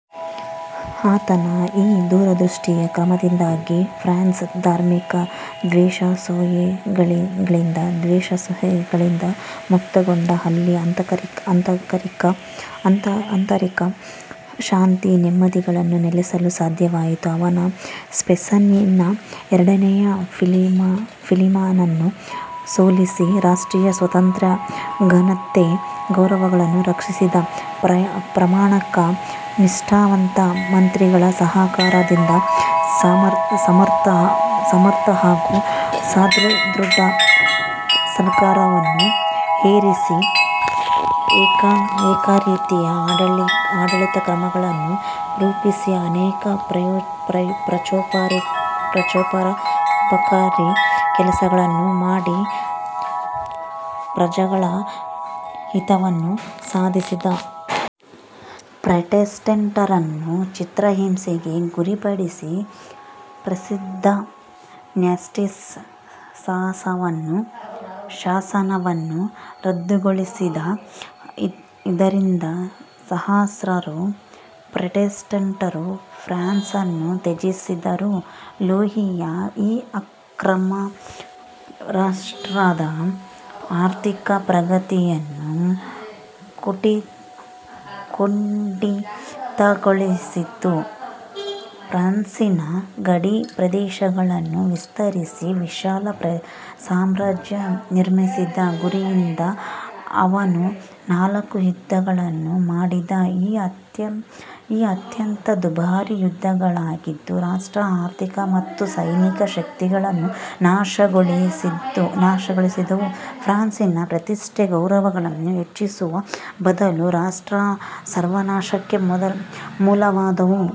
ಆತನ ಈ ದೂರದೃಷ್ಟಿಯ ಕ್ರಮದಿಂದಾಗಿ ಫ್ರಾನ್ಸ್ ಧಾರ್ಮಿಕ ದ್ವೇಷಾಸೂಯೆಗಳಿಂದ ಮುಕ್ತಗೊಂಡು ಅಲ್ಲಿ ಆಂತರಿಕ ಶಾಂತಿ ನೆಮ್ಮದಿಗಳು ನೆಲಸಲು ಸಾಧ್ಯವಾಯಿತು. ಅವನು ಸ್ಪೇನಿನ ಎರಡನೆಯ ಫಿಲಿಪನನ್ನು ಸೋಲಿಸಿ, ರಾಷ್ಟ್ರದ ಸ್ವಾತಂತ್ರ್ಯ ಘನತೆ ಗೌರವಗಳನ್ನು ರಕ್ಷಿಸಿದ. ಪ್ರಾಮಾಣಿಕ ನಿಷ್ಠಾವಂತ ಮಂತ್ರಿಗಳ ಸಹಕಾರದಿಂದ ಸಮರ್ಥ ಹಾಗೂ ಸದೃಢ ಸರ್ಕಾರವನ್ನು ರಚಿಸಿ ಏಕರೀತಿಯ ಆಡಳಿತ ಕ್ರಮಗಳನ್ನು ರೂಪಿಸಿ, ಅನೇಕ ಪ್ರಚೋಪಕಾರಿ ಕೆಲಸಗಳನ್ನು ಮಾಡಿ ಪ್ರಜೆಗಳ ಹಿತವನ್ನು ಸಾಧಿಸಿದ. ಪ್ರಾಟೆಸ್ಟೆಂಟರನ್ನು ಚಿತ್ರಹಿಂಸೆಗೆ ಗುರಿಪಡಿಸಿ, ಪ್ರಸಿದ್ಧ ನ್ಯಾಸ್ಟೀಸ್ ಶಾಸನವನ್ನು ರದ್ದುಗೊಳಿಸಿದ. ಇದರಿಂದ ಸಹಸ್ರಾರು ಪ್ರಾಟೆಸ್ಟೆಂಟರು ಫ್ರಾನ್ಸನ್ನು ತ್ಯಜಿಸಿದರು. ಲೂಯಿಯ ಈ ಕ್ರಮ ರಾಷ್ಟ್ರದ ಆರ್ಥಿಕ ಪ್ರಗತಿಯನ್ನು ಕುಂಠಿತಗೊಳಿಸಿತು. ಫ್ರಾನ್ಸಿನ ಗಡಿ ಪ್ರದೇಶಗಳನ್ನು ವಿಸ್ತರಿಸಿ ವಿಶಾಲ ಸಾಮ್ರಾಜ್ಯ ನಿರ್ಮಿಸಿದ ಗುರಿಯಿಂದ ಅವನು ನಾಲ್ಕು ಯುದ್ಧಗಳನ್ನು ಮಾಡಿದ. ಇವು ಅತ್ಯಂತ ದುಬಾರಿ ಯುದ್ಧಗಳಾದ್ದು, ರಾಷ್ಟ್ರದ ಆರ್ಥಿಕ ಮತ್ತು ಸೈನಿಕ ಶಕ್ತಿಗಳನ್ನು ನಾಶಗೊಳಿಸಿದುವು; ಫ್ರಾನ್ಸಿನ ಪ್ರತಿಷ್ಟೆ ಗೌರವಗಳನ್ನು ಹೆಚ್ಚಿಸುವ ಬದಲು ರಾಷ್ಟ್ರದ ಸರ್ವನಾಶಕ್ಕೆ ಮೂಲವಾದವು.